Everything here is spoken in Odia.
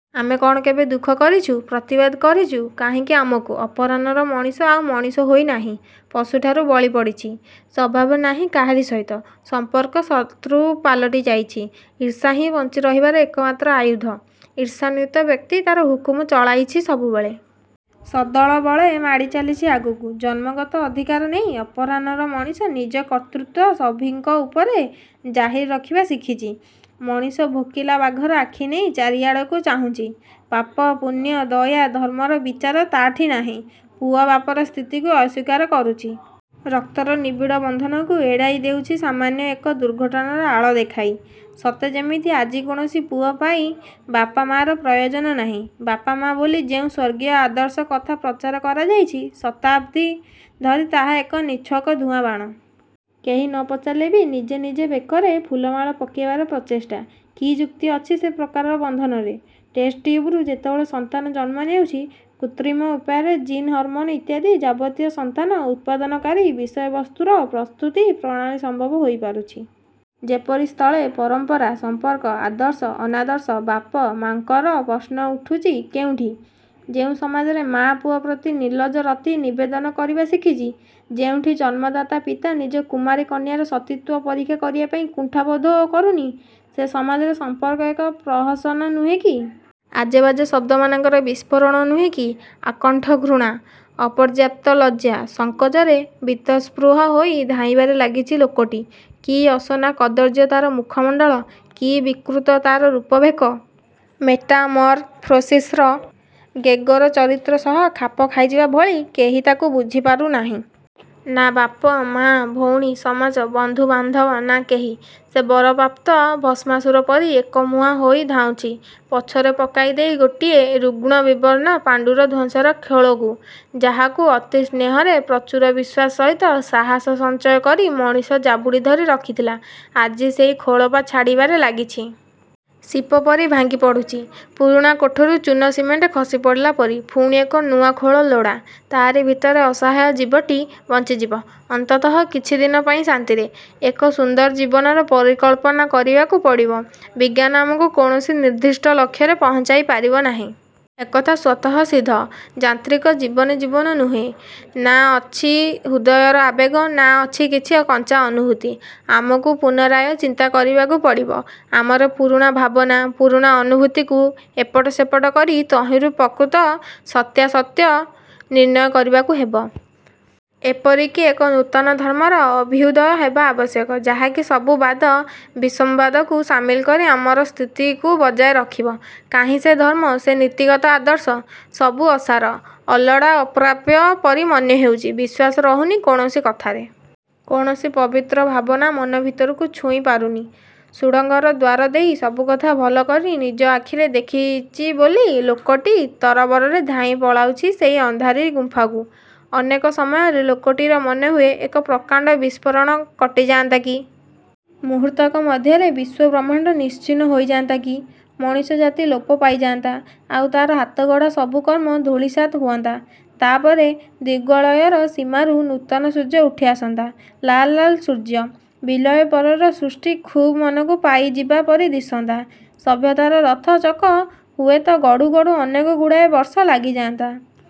ଆମେ କ'ଣ କେବେ ଦୁଃଖ କରିଛୁ? ପ୍ରତିବାଦ କରିଛୁ? କାହିଁକି ଆମକୁ। ଅପରାହ୍ନର ମଣିଷ ଆଉ ମଣିଷ ହୋଇ ନାହିଁ। ପଶୁଠାରୁ ବଳି ପଡ଼ିଛି। ସଦ୍ଭାବ ନାହିଁ କାହାରି ସହିତ। 'ସମ୍ପର୍କ' ଶତ୍ରୁ ପାଲଟି ଯାଇଛି। ଈର୍ଷାହିଁ ବଞ୍ଚି ରହିବାର ଏକମାତ୍ର ଆୟୁଧ। ଈର୍ଷାନ୍ୱିତ ବ୍ୟକ୍ତି ତା'ର ହୁକୁମ ଚଳାଇଛି ସବୁବେଳେ। ସଦଳବଳେ ମାଡ଼ି ଚାଲିଛି ଆଗକୁ। ଜନ୍ମଗତ ଅଧିକାର ନେଇ ଅପରାହ୍ନର ମଣିଷ ନିଜ କର୍ତ୍ତୃତ୍ୱ ସଭିଙ୍କ ଉପରେ ଜାହିର କରିବା ଶିଖିଛି। ମଣିଷ ଭୋକିଲା ବାଘର ଆଖି ନେଇ ଚାରିଆଡ଼କୁ ଚାହୁଁଛି। ପାପ, ପୁଣ୍ୟ, ଦୟା, ଧର୍ମର ବିଚାର ତା'ଠି ନାହିଁ। ପୁଅ ବାପର ସ୍ଥିତିକୁ ଅସ୍ୱୀକାର କରୁଛି। ରକ୍ତର ନିବିଡ଼ ବନ୍ଧନକୁ ଏଡ଼ାଇ ଦେଉଛି ସାମାନ୍ୟ ଏକ ଦୁର୍ଘଟଣାର ଆଳ ଦେଖାଇ। ସତେ ଯେମିତି ଆଜି କୌଣସି ପୁଅ ପାଇଁ ବାପ ମା'ର ପ୍ରୟୋଜନ ନାହିଁ। ବାପ, ମା ବୋଲି ଯେଉଁ ସ୍ୱର୍ଗୀୟ ଆଦର୍ଶ କଥା ପ୍ରଚାର କରାଯାଇଛି, ଶତାବ୍ଦୀ ଧରି ତାହା ଏକ ନିଚ୍ଛକ ଧୂଆଁ ବାଣ। କେହି ନ ପଚାରିଲେ ବି ନିଜେ ନିଜେ ବେକରେ ଫୁଲମାଳ ପକେଇବାର ପ୍ରଚେଷ୍ଟା। କି ଯୁକ୍ତି ଅଛି ସେ ପ୍ରକାର ବନ୍ଧନରେ? ଟେଷ୍ଟଟ୍ୟୁବ୍ରୁ ଯେତେବେଳେ ସନ୍ତାନ ଜନ୍ମ ନେଉଛି। କୃତ୍ରିମ ଉପାୟରେ ଜିନ୍ ହରମୋନ୍ ଇତ୍ୟାଦି ଯାବତୀୟ ସନ୍ତାନ ଉତ୍ପାଦନକାରୀ ବିଷୟବସ୍ତୁର ପ୍ରସ୍ତୁତି ପ୍ରଣାଳୀ ସମ୍ଭବ ହୋଇ ପାରୁଚି। ସେପରି ସ୍ଥଳେ ପରମ୍ପରା, ସମ୍ପର୍କ, ଆଦର୍ଶ, ଅନାଦର୍ଶ, ବାପ, ମାଙ୍କର ପ୍ରଶ୍ନ ଉଠୁଛି କେଉଁଠି? ଯେଉଁ ସମାଜରେ ମା' ପୁଅ ପ୍ରତି ନିର୍ଲଜ୍ଜ ରତି ନିବେଦନ କରିବା ଶିଖିଛି, ଯେଉଁଠି ଜନ୍ମଦାତା ପିତା ନିଜ କୁମାରୀ କନ୍ୟାର ସତୀତ୍ୱ ପରୀକ୍ଷା କରିବା ପାଇଁ କୁଣ୍ଠାବୋଧ କରୁନି, ସେ ସମାଜରେ ସମ୍ପର୍କ ଏକ ପ୍ରହସନ ନୁହେଁ କି? ଆଜେବାଜେ ଶବ୍ଦମାନଙ୍କର ବିସ୍ଫୋରଣ ନୁହେଁ କି? ଆକଣ୍ଠ ଘୃଣା, ଅପର୍ଯ୍ୟାପ୍ତ ଲଜ୍ଜା, ସଂକୋଚରେ ବୀତସ୍ପୃହ ହୋଇ ଧାଇଁବାରେ ଲାଗିଛି ଲୋକଟି। କି ଅସନା କଦର୍ଯ୍ୟ ତା'ର ମୁଖମଣ୍ଡଳ। କି ବିକୃତ ତା'ର ରୂପଭେକ। ମେଟାମରଫୋସିସ୍ର 'ଗେଗୋର' ଚରିତ୍ର ସହ ଖାପ ଖାଇଯିବା ଭଳି। କେହି ତାକୁ ବୁଝିପାରୁ ନାହିଁ। ନା ବାପ, ମା, ଭଉଣୀ, ସମାଜ, ବନ୍ଧୁ ବାନ୍ଧବ! ନାଁ କେହି। ସେ ବରପ୍ରାପ୍ତ ଭସ୍ମାସୁର ପରି ଏକମୁହାଁ ହୋଇ ଧାଉଁଛି। ପଛରେ ପକାଇ ଦେଇ ଗୋଟିଏ ରୁଗ୍ଣ ବିବର୍ଣ୍ଣ ପାଣ୍ତୁର ଧ୍ୱଂସର ଖୋଳକୁ। ଯାହାକୁ ଅତି ସ୍ନେହରେ, ପ୍ରଚୁର ବିଶ୍ୱାସ ସହିତ ସାହାସ ସଞ୍ଚୟ କରି ମଣିଷ ଜାବୁଡ଼ି ଧରି ରଖିଥିଲା, ଆଜି ସେଇ ଖୋଳପା ଛାଡ଼ିବାରେ ଲାଗିଛି। ଶିପ ପରି ଭାଙ୍ଗି ପଡ଼ୁଛି। ପୁରୁଣା କୋଠରୁ ଚୂନ ସିମେଣ୍ଟ ଖସି ପଡ଼ିଲା ପରି। ପୁଣି ଏକ ନୂଆ ଖୋଳ ଲୋଡ଼ା। ତା'ରି ଭିତରେ ଅସହାୟ ଜୀବଟି ବଞ୍ଚିଯିବ ଅନ୍ତତଃ କିଛି ଦିନପାଇଁ ଶାନ୍ତିରେ। ଏକ ସୁନ୍ଦର ଜୀବନର ପରିକଳ୍ପନା କରିବାକୁ ପଡ଼ିବ। ବିଜ୍ଞାନ ଆମକୁ କୌଣସି ନିର୍ଦ୍ଦିଷ୍ଟ ଲକ୍ଷ୍ୟରେ ପହଞ୍ଚାଇ ପାରିବ ନାହିଁ। ଏକଥା ସ୍ୱତଃସିଦ୍ଧ। ଯାନ୍ତ୍ରିକ ଜୀବନ ଜୀବନ ନୁହେଁ। ନାଁ ଅଛି ହୃଦୟର ଆବେଗ, ନାଁ ଅଛି କିଛି କଞ୍ଚା ଅନୁଭୂତି। ଆମକୁ ପୁନରାୟ ଚିନ୍ତା କରିବାକୁ ପଡ଼ିବ। ଆମର ପୁରୁଣା ଭାବନା, ପୁରୁଣା ଅନୁଭୂତିକୁ ଏପଟ ସେପଟ କରି ତହିଁରୁ ପ୍ରକୃତ ସତ୍ୟାସତ୍ୟ ନିର୍ଣ୍ଣୟ କରିବାକୁ ହେବ। ''' ଏପରିକି ଏକ ନୂତନ ଧର୍ମର ଅଭ୍ୟୁଦୟ ହେବା ଆବଶ୍ୟକ, ଯାହାକି ସବୁ ବାଦ, ବିସମ୍ବାଦକୁ ସାମିଲ କରି ଆମର ସ୍ଥିତିକୁ ବଜାୟ ରଖିବ। କାହିଁ ସେ ଧର୍ମ? ସେ ନୀତିଗତ ଆଦର୍ଶ? ସବୁ ଅସାର, ଅଲୋଡ଼ା ଅପ୍ରାପ୍ୟ ପରି ମନେ ହେଉଛି। ବିଶ୍ୱାସ ରହୁନି କୌଣସି କଥାରେ। କୌଣସି ପବିତ୍ର ଭାବନା ମନ ଭିତରକୁ ଛୁଇଁ ପାରୁନି। ସୁଡ଼ଙ୍ଗର ଦ୍ୱାର ଦେଇ ସବୁକଥା ଭଲ କରି ନିଜ ଆଖିରେ ଦେଖିଚି ବୋଲି, ଲୋକଟି ତରବରରେ ଧାଇଁ ପଳାଉଛି ସେଇ ଅନ୍ଧାରୀ ଗୁମ୍ଫାକୁ। ଅନେକ ସମୟରେ ଲୋକଟିର ମନେହୁଏ, ଏକ ପ୍ରକାଣ୍ଡ ବିସ୍ଫୋରଣ କଟିଯାନ୍ତା କି! ମୁହୂର୍ତ୍ତକ ମଧ୍ୟରେ ବିଶ୍ୱ-ବ୍ରହ୍ମାଣ୍ଡ ନିଶ୍ଚିହ୍ନ ହୋଇଯାନ୍ତା କି! ମଣିଷ ଜାତି ଲୋପ ପାଇଯାନ୍ତା। ଆଉ ତା'ର ହାତଗଢ଼ା ସବୁ କର୍ମ ଧୂଳିସାତ୍ ହୁଅନ୍ତା। ତା'ପରେ ଦିଗ୍ବଳୟର ସୀମାରୁ ନୂତନ ସୂର୍ଯ୍ୟ ଉଠି ଆସନ୍ତା। ଲାଲ୍ ଲାଲ୍ ସୂର୍ଯ୍ୟ। ବିଲୟ ପରର ସୃଷ୍ଟି ଖୁବ୍ ମନକୁ ପାଇଯିବା ପରି ଦିଶନ୍ତା। ସଭ୍ୟତାର ରଥ ଚକ ହୁଏତ ଗଢ଼ୁ ଗଢ଼ୁ ଅନେକଗୁଡ଼ାଏ ବର୍ଷ ଲାଗିଯାନ୍ତା।